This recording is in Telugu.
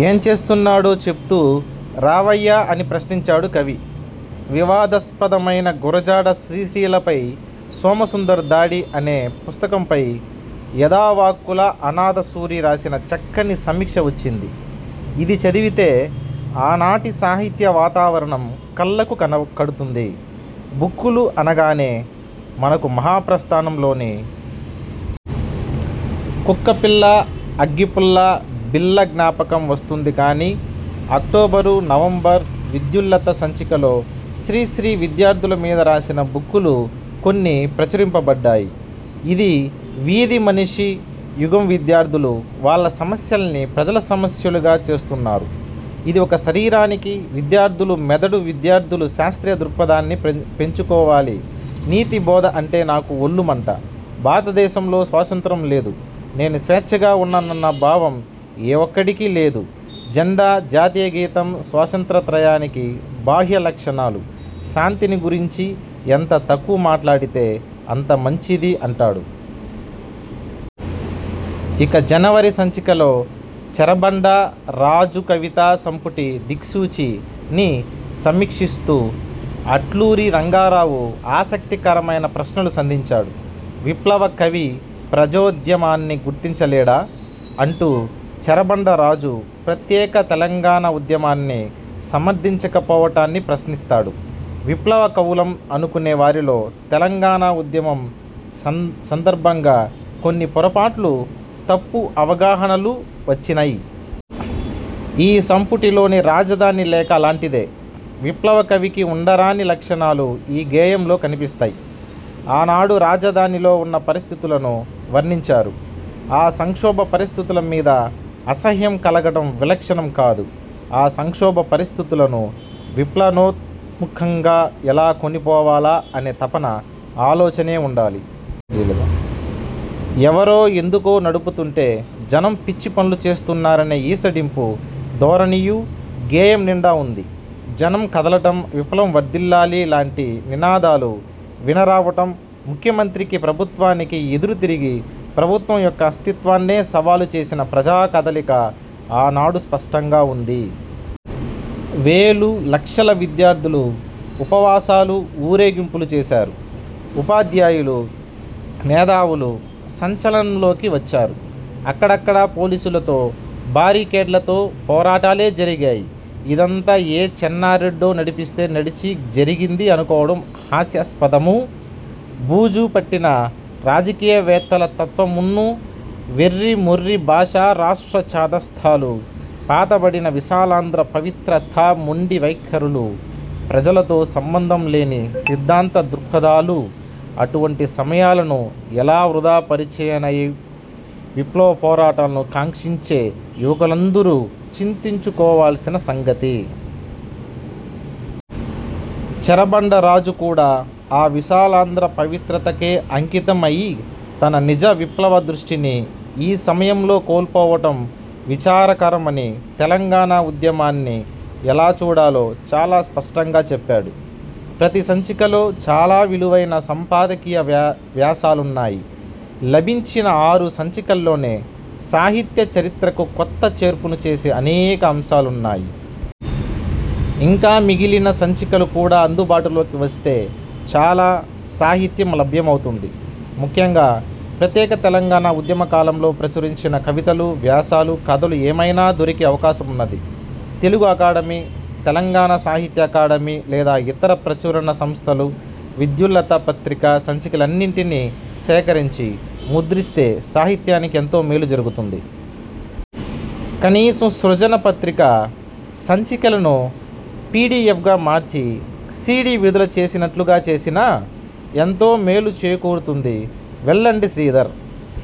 యేం చేస్తున్నాడో చెబ్దూ రావయ్యా అని ప్రశ్నించాడు కవి. వివాదాస్పదమైన గురజాడ శ్రీశ్రీలపై సోమసుందర్ దాడి అనే పుస్తకం పై యధావాక్కుల అనాధసూరి రాసిన చక్కని సమీక్ష వచ్చింది. ఇది చదివితే ఆనాటి సాహిత్య వాతావరణం కళ్లకు కన కడుతుంది. ఋక్కులు అనగానే మనకు మహాప్రస్థానం లోని కుక్కపిల్లా అగ్గిపుల్లా బిళ్ళ జ్ఞాపకం వస్తుంది కాని అక్టోబరు నవంబర్ విద్యుల్లత సంచికలో శ్రీశ్రీ విద్యార్థుల మీద రాసిన ఋక్కులు కొన్ని ప్రచురింపబడ్డాయి ఇది వీధి మనిషి యుగం విద్యార్థులు వాళ్ల సమస్యల్ని ప్రజల సమస్యలుగా చేస్తున్నారు ఇది ఒక శరీరానికి విద్యార్థులు మెదడు విద్యార్థులు శాస్త్రీయ దృక్పథాన్ని పెం పెంచుకోవాలి నీతి బోధ అంటే నాకు ఒళ్లు మంట భారతదేశంలో స్వాతంత్య్రం లేదు నేను స్వేచ్చగా ఉన్నానన్న భావం ఏ ఒక్కడికీ లేదు జెండా, జాతీయ గీతం స్వాతంత్ర త్రయానికి బాహ్య లక్షణాలు శాంతిని గురించి ఎంత తక్కువ మాట్లాడితే అంత మంచిది అంటాడు. ఇక జనవరి సంచికలో చెరబండ రాజు కవితా సంపుటి దిక్సూచి ని సమీక్షిస్తూ అట్లూరి రంగారావు ఆసక్తి కరమైన ప్రశ్నలు సంధించాడు. విప్లవ కవి ప్రజోద్యమాన్ని గుర్తించలేడా? అంటూ చెరబండ రాజు ప్రత్యేక తెలంగాణ ఉద్యమాన్ని సమర్థించకపోవటాన్ని ప్రశ్నిస్తాడు. విప్లవ కవులం అనుకునే వారిలో తెలంగాణ ఉద్యమం సం సందర్భంగా కొన్ని పొరపాట్లు తప్పు అవగాహనలూ వచ్చినయ్. ఈ సంపుటిలోని రాజధాని లేఖ అలాంటిదే. విప్లవ కవికి ఉండరాని లక్షణాలు ఈ గేయంలో కనిపిస్తయ్. ఆనాడు రాజధాని లో ఉన్న పరిస్థితులను వర్ణించారు. ఆ సంక్షోభ పరిస్థితుల మీద అసహ్యం కలగటం విలక్షణం కాదు. ఆ సంక్షోభ పరిస్థితులను విప్లనోత్ముఖంగా ఎలా కొనిపోవాలా అనే తపన, ఆలోచనే ఉండాలి. ఎవరో ఎందుకో నడుపుతుంటే జనం పిచ్చి పనులు చేస్తున్నారనే ఈసడింపు ధోరణియూ గేయం నిండా వుంది. జనం కదలటం, విప్లవం వర్థిల్లాలి లాంటి నినాదాలు విన రావటం ముఖ్యమంత్రికీ ప్రభుత్వానికీ ఎదురు తిరిగి ప్రభుత్వం యొక్క అస్తిత్వాన్నే సవాలు చేసిన ప్రజా కదలిక ఆనాడు స్పష్టంగా ఉంది. వేలు, లక్షల విద్యార్థులు ఉపవాసాలు, ఊరే గింపులు చేశారు. ఉపాధ్యాయులు, మేధావులు సంచలనంలోకి వచ్చారు. అక్కడక్కడ పోలీసులతో, బారి కేడ్లతో పోరాటాలే జరిగాయి ఇదంతా ఏ చెన్నారెడ్డో నడిపిస్తే నడిచి జరిగింది అనుకోవటం హాస్యాస్పదమూ, బూజు పట్టిన రాజకీయ వేత్తల తత్త్వ మున్నూ. వెర్రి మొర్రి భాషా రాష్ట్ర ఛాదస్తాలూ, పాతబడిన విశాలాంధ్ర పవిత్ర తా మొండి వైఖరులూ, ప్రజలతో సంబంధంలేని సిద్థాంత దృక్పథాలూ, అటువంటి సమయాలను ఎలా వృథా పరిచయనయి విప్లవ పోరాటాలను కాంక్షించే యువకులందరూ చింతించుకోవాల్సిన సంగతి. చెరబండ రాజు కూడా ఆ విశాలాంధ్ర పవిత్రత కే అంకితం అయి తన నిజ విప్లవ దృష్టిని ఈ సమయంలో కోల్పోవటం విచారకరం అని తెలంగాణ ఉద్యమాన్ని ఎలా చూడాలో చాలా స్పష్టంగా చెప్పాడు. ప్రతి సంచికలో చాలా విలువైన సంపాదకీయ వ్యాసాలున్నాయి. లభించిన ఆరు సంచికల్లోనే సాహిత్య చరిత్రకు కొత్త చేర్పును చేసే అనేక అంశాలున్నాయి. ఇంకా మిగిలిన సంచికలు కూడా అందుబాటు లోకి వస్తే చాల సాహిత్యం లభ్యమవుతుంది. ముఖ్యంగా ప్రత్యేక తెలంగాణ ఉద్యమ కాలంలో ప్రచురించిన కవితలు, వ్యాసాలు, కథలు ఏమైనా దొరికే అవకాశమున్నది. తెలుగు అకాడమీ, తెలంగాణ సాహిత్య అకాడమీ లేదా ఇతర ప్రచురణ సంస్థలు విద్యుల్లత పత్రిక సంచికలన్నింటినీ సేకరించి ముద్రిస్తే సాహిత్యానికి ఎంతో మేలు జరుగుతుంది. కనీసం సృజన పత్రిక సంచికలను పిడిఎఫ్గా మార్చి సీడీ విడుదల చేసినట్లుగా చేసినా ఎంతో మేలు చేకూరుతుంది. వెల్దండి శ్రీధర్